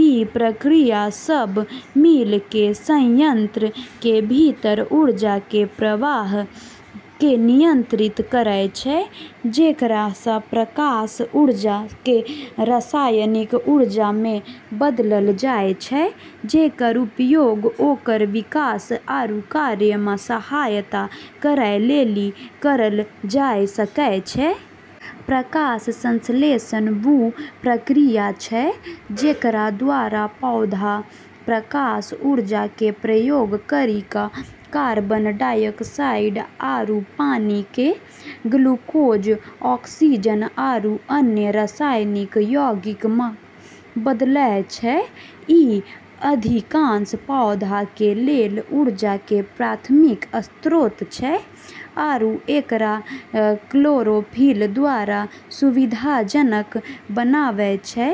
ई प्रक्रिया सब मिल क॑ संयंत्र के भीतर ऊर्जा के प्रवाह क॑ नियंत्रित करै छै, जेकरा स॑ प्रकाश ऊर्जा क॑ रासायनिक ऊर्जा म॑ बदललऽ जाय छै जेकरऽ उपयोग ओकरऽ विकास आरू कार्यऽ म॑ सहायता करै लेली करलऽ जाय सकै छै। प्रकाश संश्लेषण वू प्रक्रिया छै जेकरा द्वारा पौधा प्रकाश ऊर्जा के उपयोग करी क॑ कार्बन डाइऑक्साइड आरू पानी क॑ ग्लूकोज, ऑक्सीजन आरू अन्य रासायनिक यौगिक म॑ बदलै छै। ई अधिकांश पौधा के लेलऽ ऊर्जा के प्राथमिक स्रोत छै, आरू एकरा क्लोरोफिल द्वारा सुविधाजनक बनाबै छै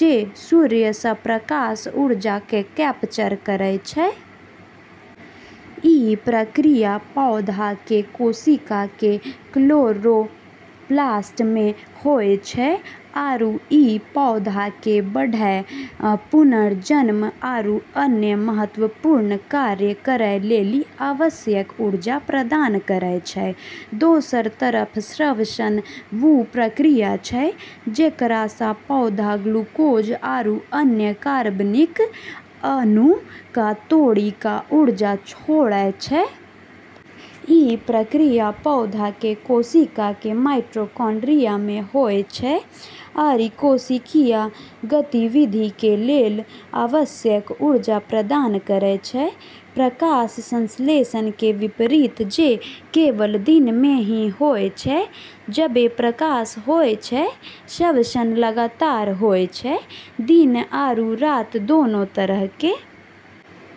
जे सूर्य स॑ प्रकाश ऊर्जा क॑ कैप्चर करै छै। ई प्रक्रिया पौधा के कोशिका के क्लोरोप्लास्ट में होय छै, आरू ई पौधा के बढ़ै, पुनर्जन्म आरू अन्य महत्वपूर्ण कार्य करै लेली आवश्यक ऊर्जा प्रदान करै छै. दोसरऽ तरफ श्वसन वू प्रक्रिया छै जेकरा स॑ पौधा ग्लूकोज आरू अन्य कार्बनिक अणु क॑ तोड़ी क॑ ऊर्जा छोड़ै छै। ई प्रक्रिया पौधा के कोशिका के माइटोकॉन्ड्रिया में होय छै आरू कोशिकीय गतिविधि के लेलऽ आवश्यक ऊर्जा प्रदान करै छै। प्रकाश संश्लेषण के विपरीत, जे केवल दिन में ही होय छै जबे प्रकाश होय छै, श्वसन लगातार होय छै, दिन आरू रात दोनों तरह के।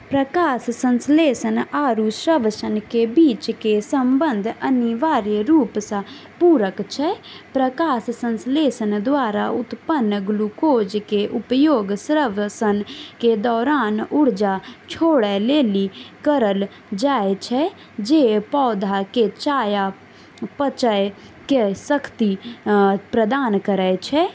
प्रकाश संश्लेषण आरू श्वसन के बीच के संबंध अनिवार्य रूप स॑ पूरक छै। प्रकाश संश्लेषण द्वारा उत्पन्न ग्लूकोज के उपयोग श्वसन के दौरान ऊर्जा छोड़ै लेली करलऽ जाय छै जे पौधा के चयापचय क॑ शक्ति प्रदान करै छै।